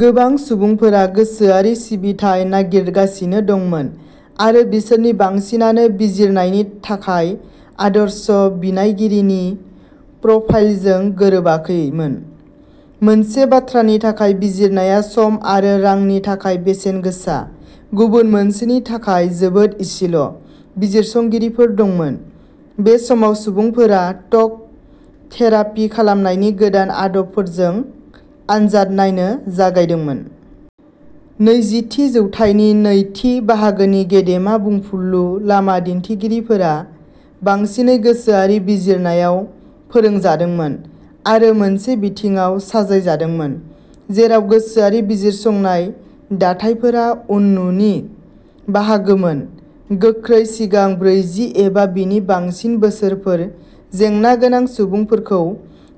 गोबां सुबुंफोरा गोसोआरि सिबिथाय नागिरगासिनो दंमोन आरो बिसोरनि बांसिनानो बिजिरनायनि थाखाय आदर्श बिनायगिरिनि प्रफाइलजों गोरोबाखैमोन। मोनसे बाथ्रानि थाखाय बिजिरनाया सम आरो रांनि थाखाय बेसेन गोसा गुबुन मोनसेनि थाखाय जोबोद एसेल' बिजिरसंगिरिफोर दंमोन। बे समाव सुबुंफोरा ट'क थेरापि खालामनायनि गोदान आदबफोरजों आनजाद नायनो जागायदोंमोन। नैजिथि जौथाइनि नैथि बाहागोनि गेदेमा बुंफुरलु लामा दिन्थिगिरिफोरा बांसिनै गोसोआरि बिजिरनायाव फोरोंजादोंमोन आरो मोनसे बिथिङाव सालायजादोंमोन जेराव गोसोआरि बिजिरसंनाय दाथायफोरा उननुनि बाहागोमोन। गोख्रै सिगां ब्रैजि एबा बिनि बांसिन बोसोरफोर जेंना गोनां सुबुंफोरखौ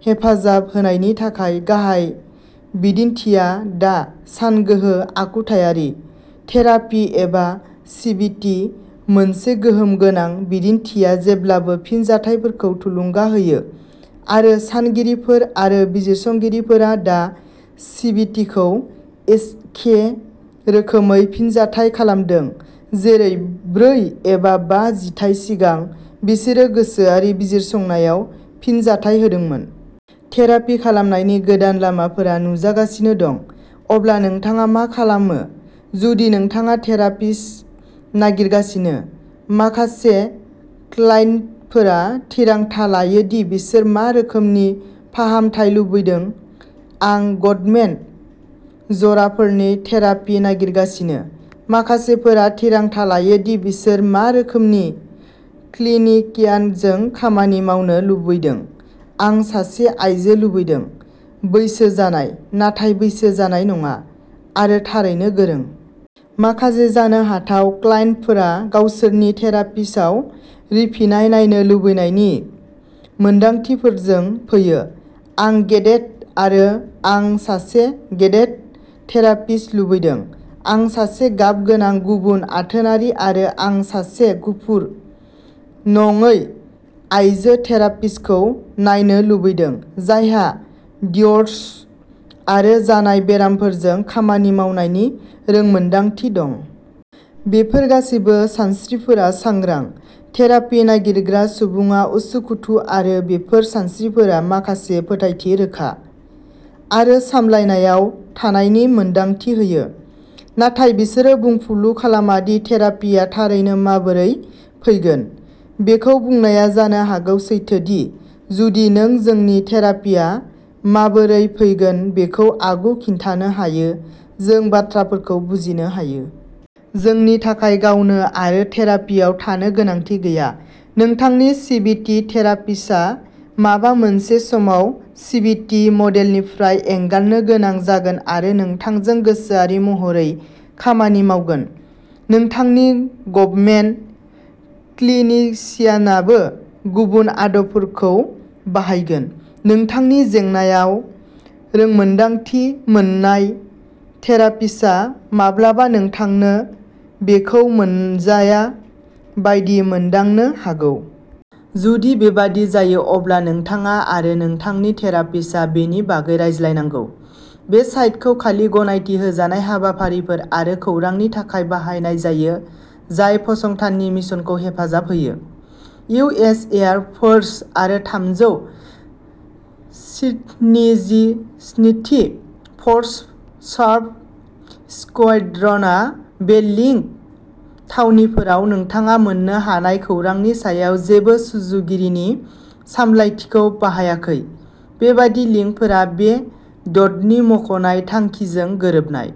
हेफाजाब होनायनि थाखाय गाहाय बिदिनथिया दा सानगोहो आखुथायारि थेरापि एबा सिबिटि मोनसे गोहोम गोनां बिदिनथिया जेब्लाबो फिनजाथायफोरखौ थुलुंगा होयो आरो सानगिरिफोर आरो बिजिरसंगिरिफोरा दा सिबिटिखौ एखे रोखोमै फिनजाथाय खालामदों जेरै, ब्रै एबा बा जिथाय सिगां, बिसोरो गोसोआरि बिजिरसंनायाव फिनजाथाय होदोंमोन। थेरापि खालामनायनि गोदान लामाफोरा नुजागासिनो दं। अब्ला नोंथाङा मा खालामो जुदि नोंथाङा थेरापिस्ट नागिरगासिनो। माखासे क्लाइन्टफोरा थिरांथा लायो दि बिसोर मा रोखोमनि फाहामथाय लुबैदों आं गटमेन जराफोरनि थेरापि नागिरगासिनो। माखासेफोरा थिरांथा लायो दि बिसोर मा रोखोमनि क्लिनिकियानजों खामानि मावनो लुबैदों आं सासे आयजो लुबैदों, बैसो जानाय, नाथाय बैसो जानाय नङा, आरो थारैनो गोरों। माखासे जानो हाथाव क्लाइन्टफोरा गावसोरनि थेरापिस्टआव रिफिनाय नायनो लुबैनायनि मोन्दांथिफोरजों फैयो। आं गेदेथ आरो आं सासे गेदेथ थेरापिस्ट लुबैदों। आं सासे गाबगोनां गुबुन आथोनारि आरो आं सासे गुफुर नङै आइजो थेरापिस्टखौ नायनो लुबैदों जायहा डिव'र्स आरो जानाय बेरामफोरजों खामानि मावनायनि रोंमोनदांथि दं। बेफोर गासैबो सानस्रिफोरा सांग्रां। थेरापि नागिरग्रा सुबुङा उसुखुथु आरो बेफोर सानस्रिफोरा माखासे फोथायथि रोखा आरो सामलायनायाव थानायनि मोनदांथि होयो। नाथाय बिसोरो बुंफुरलु खालामा दि थेरापिआ थारैनो माबोरै फैगोन। बेखौ बुंनाया जानो हागौ सैथो दि जुदि जों जोंनि थेरापिआ माबोरै फैगोन बेखौ आगु खिन्थानो हायो जों बाथ्राफोरखौ बुजिनो हायो। जोंनि थाखाय गावनो आरो थेरापियाव थानो गोनांथि गैया। नोंथांनि सिबिटि थेरापिस्टआ माबा मोनसे समाव सिबिटि मडेलनिफ्राय एंगारनो गोनां जागोन आरो नोंथांजों गोसोआरि महरै खामानि मावगोन। नोंथांनि गबमेन क्लिनिसियानाबो गुबुन आदबफोरखौ बाहायगोन। नोंथांनि जेंनाआव रोंमोन्दांथि मोननाय थेरापिस्टआ माब्लाबा नोंथांनो बेखौ मोनजाया बायदि मोनदांनो हागौ। जुदि बेबादि जायो अब्ला नोंथाङा आरो नोंथांनि थेरापिस्टआ बेनि बागै रायज्लायनांगौ। बे साइटखौ खालि गनायथि होजानाय हाबाफारिफोर आरो खौरांनि थाखाय बाहायनाय जायो जाय फसंथाननि मिशनखौ हेफाजाब होयो। इउ. एस. एयार फोर्स आरो थामजौ स्थिनिजिस्निथि फर्स सापर्ट स्क्वाड्रनआ बे लिंक थावनिफोराव नोंथाङा मोन्नो हानाय खौरांनि सायाव जेबो सुजुगिरिनि सामलायथिखौ बाहायाखै। बेबादि लिंकफोरा बे ड'डनि मख'नाय थांखिजों गोरोबनाय।